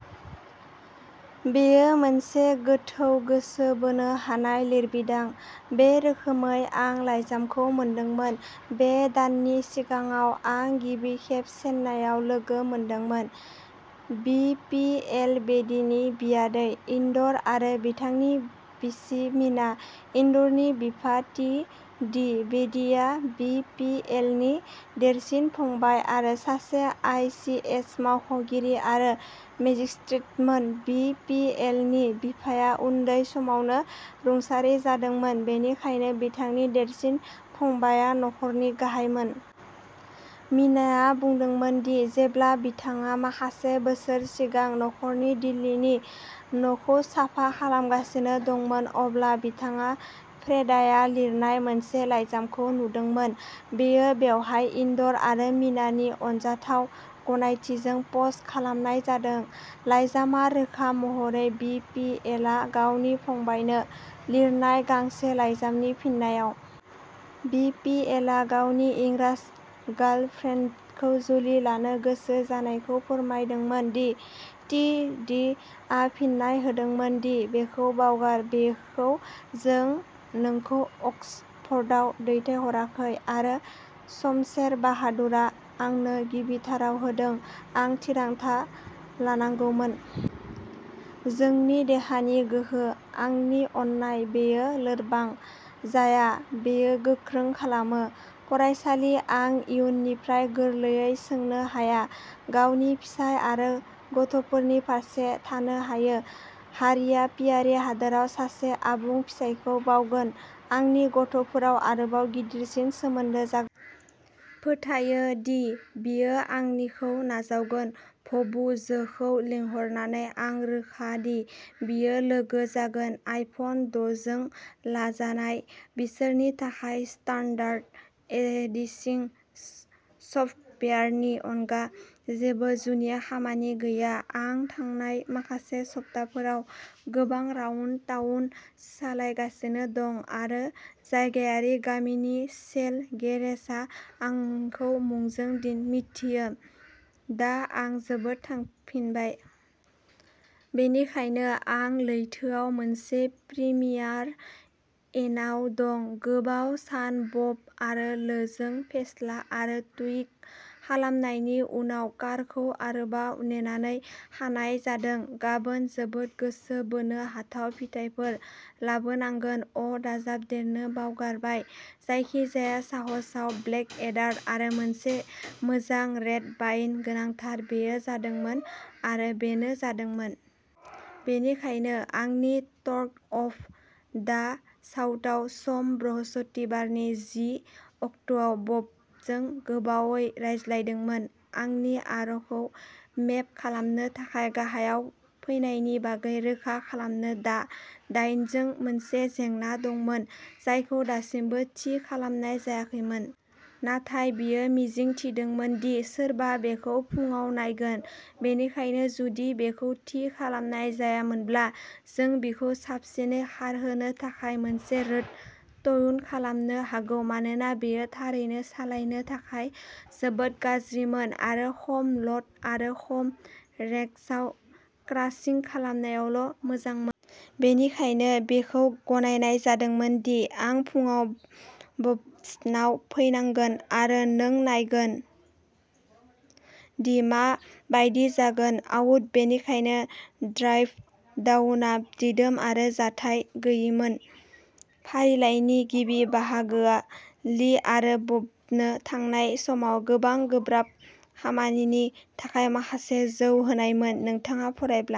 बेयो मोनसे गोथौ गोसो बोनो हानाय लिरबिदां बे रोखोमै आं लाइजामखौ मोनदोंमोन। बे दाननि सिगाङाव आं गिबि खेब चेन्नाईआव लोगो मोनदोंमोन। बि पि एल बेदीनि बियादै, इन्दर आरो बिथांनि बिसि मिना। इन्दरनि बिफा, टि डि बेदीआ बि पि एल नि देरसिन फंबाय आरो सासे आइ सि एस मावख'गिरि आरो मेजिस्ट्रेटमोन बि पि एल नि बिफाया उन्दै समावनो रुंसारि जादोंमोन, बेनिखायनो बिथांनि देरसिन फंबायआ नखरनि गाहायमोन। मिनाआ बुंदोंमोन दि जेब्ला बिथाङा माखासे बोसोर सिगां नखरनि दिल्लीनि न'खौ साफा खालामगासिनो दंमोन, अब्ला बिथाङा फ्रेदाया लिरनाय मोनसे लाइजामखौ नुदोंमोन। बेखौ बेवहाय इन्दर आरो मीनानि अनजाथाव गनायथिजों पस्ट खालामनाय जादों। लाइजामआ रोखा महरै बि पि एल आ गावनि फंबायनो लिरनाय गांसे लाइजामनि फिननायाव। बि पि एल आ गावनि इंराज गार्लफ्रेन्डखौ जुलि लानो गोसो जानायखौ फोरमायदोंमोन टि डि आ फिननाय होदोंमोन दि बेखौ बावगार, बेखौ जों नोंखौ अक्सफर्डआव दैथायहराखै आरो शमशेर बाहादुर आ आंनो गिबिथाराव होदों। आं थिरांथा लानांगौमोन। जोंनि देहानि गोहो। आंनि अननाय बेयो लोरबां जाया, बेयो गोख्रों खालामो। फरायसालि। आं इयुननिफ्राय गोरलैयै सोंनो हाया। गावनि फिसाय आरो गथ'फोरनि फारसे थानो हायो। हारिआ पियारे हादोराव सासे आबुं फिसायखौ बावगोन। आंनि गथ'फोरा आरोबाव गिदिरसिन सोमोन्दो जागोन। फोथायो दि बियो आंनिखौ नाजावगोन। भबु जीखौ लिंहरनानै। आं रोखा दि बियो लोगो जागोन। आइफन द' जों लाजानाय, बिसोरनि थाखाय स्टान्डार्ड एडिटिं सफ्टवेयारनि अनगा जेबो जुनिया खामानि गैया। आं थांनाय माखासे सप्ताफोराव गोबां राउन्ड टाउन सालायगासिनो दं आरो जायगायारि गामिनि सेल गेरेजआ आंखौ मुंजों मिन्थियो, दा आं जोबोद थांफिनबाय। बेनिखायनो आं लैथोआव मोनसे प्रिमियार इनआव दं, गोबाव सान बब आरो लीजों फेस्ला आरो टुइक खालामनायनि उनाव, कारखौ आरोबाव नेनानै खानाय जादों। गाबोन जोबोद गोसो बोनो हाथाव फिथायफोर लाबोनांगोन अ' दाजाबदेरनो बावगारबाय जायखिजाया साहसआव ब्लेकएडार आरो मोनसे मोजां रेड वाइन गोनांथार बेयो जादोंमोन आरो बेनो जादोंमोन। बेनिखायनो आंनि टर्क अफ दा साउथआव सम। बृहस्पतिबारनि जि अक्ट'आव बबजों गोबावै रायज्लायदोंमोन आंनि आरखौ मेप खालामनो थाखाय गाहायाव फैनायनि बागै रोखा खालामनो। दा डायन'जों मोनसे जेंना दंमोन जायखौ दासिमबो थि खालामनाय जायाखैमोन नाथाय बियो मिजिं थिदोंमोन दि सोरबा बेखौ फुंआव नायगोन, बेनिखायनो जुदि बेखौ थि खालामनाय जायामोनब्ला जों बिखौ साबसिनै खारहोनो थाखाय मोनसे रोड ट्यून खालामनो हागौ मानोना बेयो थारैनो सालायनो थाखाय जोबोद गाज्रिमोन आरो खम ल'ड आरो खम रेव्सआव क्रासिं खालामनायावल' मोजांमोन। बेनिखायनो बेखौ गनायनाय जादोंमोन दि आं फुंआव बब्सनाव फैनांगोन आरो जों नायगोन दि मा बायदि जागोन। आउट। बेनिखायनो ड्राइभ डाउनआ दिदोम आरो जाथाय गैयैमोन। फारिलाइनि गिबि बाहागोआ लि आरो बबनो थांनाय समाव होनाय गोब्राब खामानिनि थाखाय माखासे जौ होनायमोन। नोंथाङा फरायब्ला